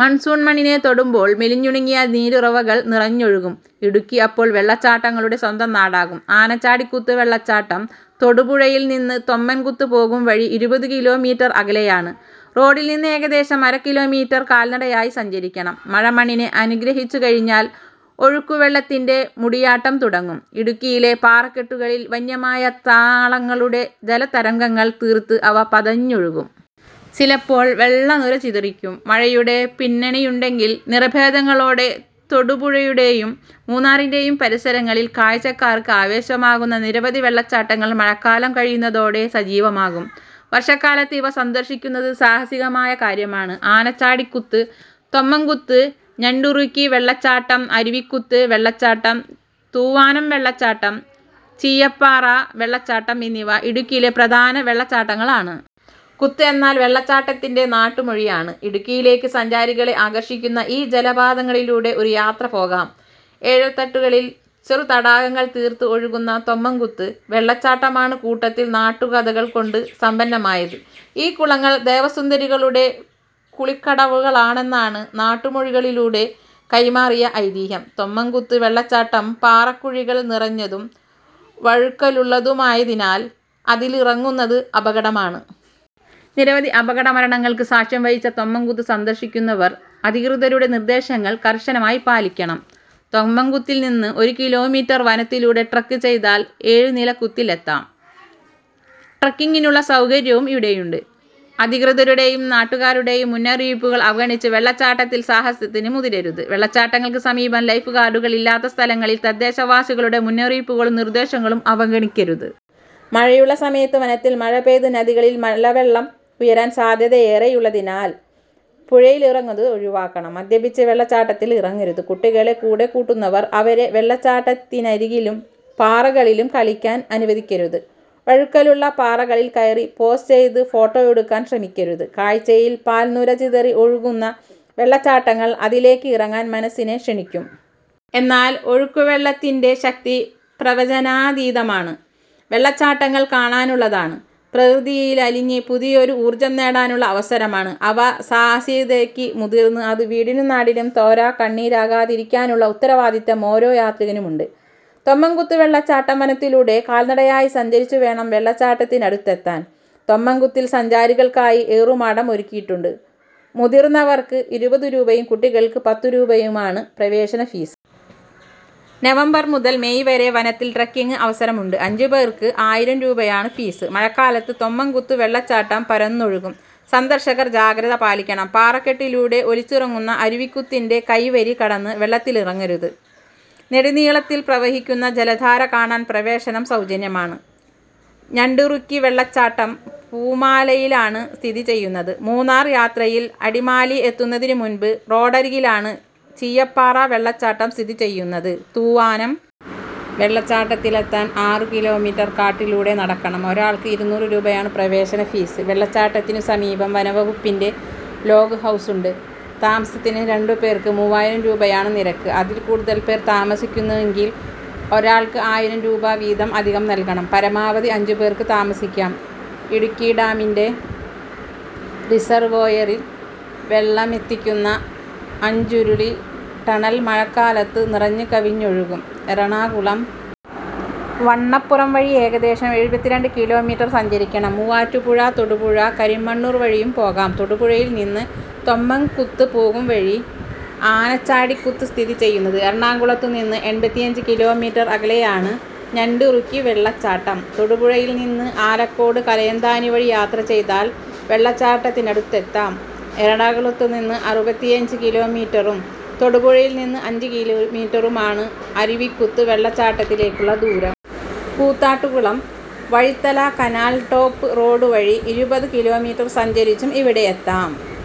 Monsoon മണ്ണിനെ തൊടുമ്പോൾ മെലിഞ്ഞുണങ്ങിയ നീരുറവകൾ നിറഞ്ഞൊഴുകും. ഇടുക്കി അപ്പോൾ വെള്ളച്ചാട്ടങ്ങളുടെ സ്വന്തം നാടാകും. ആനചാടിക്കുത്ത് വെള്ളച്ചാട്ടം തൊടുപുഴയിൽനിന്ന് തൊമ്മൻകുത്ത് പോകുംവഴി ഇരുപത് കിലോമീറ്റർ അകലെയാണ്. റോഡിൽനിന്ന് ഏകദേശം അര കിലോമീറ്റർ കാൽനടയായി സഞ്ചരിക്കണം. മഴ മണ്ണിനെ അനുഗ്രഹിച്ചുകഴിഞ്ഞാൽ ഒഴുക്കുവെള്ളത്തിന്റെ മുടിയാട്ടം തുടങ്ങും. ഇടുക്കിയിലെ പാറക്കെട്ടുകളിൽ വന്യമായ താളങ്ങളുടെ ജലതരംഗങ്ങൾ തീർത്ത് അവ പതഞ്ഞൊഴുകും. ചിലപ്പോൾ വെള്ളനുര ചിതറിക്കും. മഴയുടെ പിന്നണിയുണ്ടെങ്കിൽ നിറഭേദങ്ങളോടെ തൊടുപുഴയുടെയും മൂന്നാറിന്റെയും പരിസരങ്ങളിൽ കാഴ്ചക്കാർക്ക് ആവേശമാകുന്ന നിരവധി വെള്ളച്ചാട്ടങ്ങൾ മഴക്കാലം കഴിയുന്നതോടെ സജീവമാകും. വർഷകാലത്ത് ഇവ സന്ദർശിക്കുന്നത് സാഹസികമായ കാര്യമാണ്. ആനചാടിക്കുത്ത്, തൊമ്മൻകുത്ത്, ഞണ്ടിറുക്കി വെള്ളച്ചാട്ടം, അരുവിക്കുത്ത് വെള്ളച്ചാട്ടം, തൂവാനം വെള്ളച്ചാട്ടം, ചീയപ്പാറ വെള്ളച്ചാട്ടം എന്നിവ ഇടുക്കിയിലെ പ്രധാന വെള്ളച്ചാട്ടങ്ങളാണ്. കുത്ത് എന്നാൽ വെള്ളച്ചാട്ടത്തിന്റെ നാട്ടുമൊഴിയാണ്. ഇടുക്കിയിലേക്ക് സഞ്ചാരികളെ ആകർഷിക്കുന്ന ഈ ജലപാതങ്ങളിലൂടെ ഒരു യാത്ര പോകാം. ഏഴരത്തട്ടുകളിൽ ചെറുതടാകങ്ങൾ തീർത്ത് ഒഴുകുന്ന തൊമ്മൻകുത്ത് വെള്ളച്ചാട്ടമാണ് കൂട്ടത്തിൽ നാട്ടുകഥകൾകൊണ്ട് സമ്പന്നമായത്. ഈ കുളങ്ങൾ ദേവസുന്ദരികളുടെ കുളിക്കടവുകളാണെന്നാണ് നാട്ടുമൊഴികളിലൂടെ കൈമാറിയ ഐതിഹ്യം. തൊമ്മൻകുത്ത് വെള്ളച്ചാട്ടം പാറക്കുഴികൾ നിറഞ്ഞതും വഴുക്കലുള്ളതുമായതിനാൽ അതിലിറങ്ങുന്നത് അപകടമാണ്. നിരവധി അപകടമരണങ്ങൾക്ക് സാക്ഷ്യംവഹിച്ച തൊമ്മൻകുത്ത് സന്ദർശിക്കുന്നവർ അധികൃതരുടെ നിർദേശങ്ങൾ കർശനമായി പാലിക്കണം. തൊമ്മൻകുത്തിൽനിന്ന് ഒരു കിലോമീറ്റർ വനത്തിലൂടെ ട്രെക്ക് ചെയ്താൽ ഏഴുനിലക്കുത്തിൽ എത്താം. ട്രെക്കിങ്ങിനുള്ള സൗകര്യവും ഇവിടെയുണ്ട്. അധികൃതരുടെയും നാട്ടുകാരുടെയും മുന്നറിയിപ്പുകൾ അവഗണിച്ച് വെള്ളച്ചാട്ടത്തിൽ സാഹസത്തിന് മുതിരരുത്. വെള്ളച്ചാട്ടങ്ങൾക്ക് സമീപം ലൈഫ് ഗാർഡുകൾ ഇല്ലാത്ത സ്ഥലങ്ങളിൽ തദ്ദേശവാസികളുടെ മുന്നറിയിപ്പുകളും നിർദേശങ്ങളും അവഗണിക്കരുത്. മഴയുള്ള സമയത്ത് വനത്തിൽ മഴ പെയ്ത് നദികളിൽ മലവെള്ളം ഉയരാൻ സാധ്യതയേറെയുള്ളതിനാൽ പുഴയിലിറങ്ങുന്നത് ഒഴിവാക്കണം. മദ്യപിച്ച് വെള്ളച്ചാട്ടത്തിൽ ഇറങ്ങരുത്. കുട്ടികളെ കൂടെക്കൂട്ടുന്നവർ അവരെ വെള്ളച്ചാട്ടത്തിനരികിലും പാറകളിലും കളിക്കാൻ അനുവദിക്കരുത്. വഴുക്കലുള്ള പാറകളിൽ കയറി പോസ് ചെയ്ത് ഫോട്ടോ എടുക്കാൻ ശ്രമിക്കരുത്. കാഴ്ചയിൽ പാൽനുര ചിതറി ഒഴുകുന്ന വെള്ളച്ചാട്ടങ്ങൾ അതിലേക്ക് ഇറങ്ങാൻ മനസ്സിനെ ക്ഷണിക്കും. എന്നാൽ ഒഴുക്കുവെള്ളത്തിന്റെ ശക്തി പ്രവചനാതീതമാണ്. വെള്ളച്ചാട്ടങ്ങൾ കാണാനുള്ളതാണ്. പ്രകൃതിയിലലിഞ്ഞ് പുതിയൊരു ഊർജം നേടാനുള്ള അവസരമാണ് അവ. സാഹസികതയ്ക്ക് മുതിർന്ന് അത് വീടിനും നാടിനും തോരാക്കണ്ണീരാകാതിരിക്കാനുള്ള ഉത്തരവാദിത്തം ഓരോ യാത്രികനുമുണ്ട്. തൊമ്മൻകുത്ത് വെള്ളച്ചാട്ടം വനത്തിലൂടെ കാൽനടയായി സഞ്ചരിച്ചുവേണം വെള്ളച്ചാട്ടത്തിനടുത്തെത്താൻ. തൊമ്മൻകുത്തിൽ സഞ്ചാരികൾക്കായി ഏറുമാടം ഒരുക്കിയിട്ടുണ്ട്. മുതിർന്നവർക്ക് ഇരുപത് രൂപയും കുട്ടികൾക്ക് പത്ത് രൂപയുമാണ് പ്രവേശനഫീസ്. നവംബർ മുതൽ മേയ് വരെ വനത്തിൽ ട്രെക്കിങ്ങിന് അവസരമുണ്ട്. അഞ്ചുപേർക്ക് ആയിരം രൂപയാണ് ഫീസ്. മഴക്കാലത്ത് തൊമ്മൻകുത്ത് വെള്ളച്ചാട്ടം പരന്നൊഴുകും. സന്ദർശകർ ജാഗ്രത പാലിക്കണം. പാറക്കെട്ടിലൂടെ ഒലിച്ചിറങ്ങുന്ന അരുവിക്കുത്തിന്റെ കൈവരി കടന്ന് വെള്ളത്തിലിറങ്ങരുത്. നെടുനീളത്തിൽ പ്രവഹിക്കുന്ന ജലധാര കാണാൻ പ്രവേശനം സൗജന്യമാണ്. ഞണ്ടിറുക്കി വെള്ളച്ചാട്ടം പൂമാലയിലാണ് സ്ഥിതി ചെയ്യുന്നത്. മൂന്നാർ യാത്രയിൽ അടിമാലി എത്തുന്നതിനു മുൻപ് റോഡരികിലാണ് ചീയപ്പാറ വെള്ളച്ചാട്ടം സ്ഥിതി ചെയ്യുന്നത്. തൂവാനം വെള്ളച്ചാട്ടത്തിലെത്താൻ ആറു കിലോമീറ്റർ കാട്ടിലൂടെ നടക്കണം. ഒരാൾക്ക് ഇരുനൂറ് രൂപയാണ് പ്രവേശനഫീസ്. വെള്ളച്ചാട്ടത്തിനുസമീപം വനംവകുപ്പിന്റെ ലോഗ്ഹൗസുണ്ട്. താമസത്തിന് രണ്ടു പേർക്ക് മൂവായിരം രൂപയാണ് നിരക്ക്. അതിൽ കൂടുതൽ പേർ താമസിക്കുന്നെങ്കിൽ ഒരാൾക്ക് ആയിരം രൂപ വീതം അധികം നൽകണം. പരമാവധി അഞ്ചുപേർക്ക് താമസിക്കാം. ഇടുക്കി ഡാമിന്റെ റിസർവോയറിൽ വെള്ളമെത്തിക്കുന്ന അഞ്ചുരുളി ടണൽ മഴക്കാലത്ത് നിറഞ്ഞുകവിഞ്ഞൊഴുകും. എറണാകുളം വണ്ണപ്പുറം വഴി ഏകദേശം എഴുപത്തിരണ്ട് കിലോമീറ്റർ സഞ്ചരിക്കണം. മൂവാറ്റുപുഴ തൊടുപുഴ കരിമണ്ണൂർ വഴിയും പോകാം. തൊടുപുഴയിൽനിന്ന് തൊമ്മൻകുത്ത് പോകുംവഴിയാണ് ആനചാടിക്കുത്ത് സ്ഥിതി ചെയ്യുന്നത്. എറണാകുളത്തുനിന്ന് എൺപത്തിയഞ്ച് കിലോമീറ്റർ അകലെയാണ് ഞണ്ടിറുക്കി വെള്ളച്ചാട്ടം. തൊടുപുഴയിൽനിന്ന് ആലക്കോട് കലയന്താനി വഴി യാത്ര ചെയ്താൽ വെള്ളച്ചാട്ടത്തിനടുത്തെത്താം. എറണാകുളത്തുനിന്ന് അറുപത്തിയഞ്ച് കിലോമീറ്ററും തൊടുപുഴയിൽനിന്ന് അഞ്ച് കിലോമീറ്ററുമാണ് അരുവിക്കുത്ത് വെള്ളച്ചാട്ടത്തിലേക്കുള്ള ദൂരം. Koothattukulam Vazhithala canal top road വഴി ഇരുപത് കിലോമീറ്റർ സഞ്ചരിച്ചും ഇവിടെ എത്താം.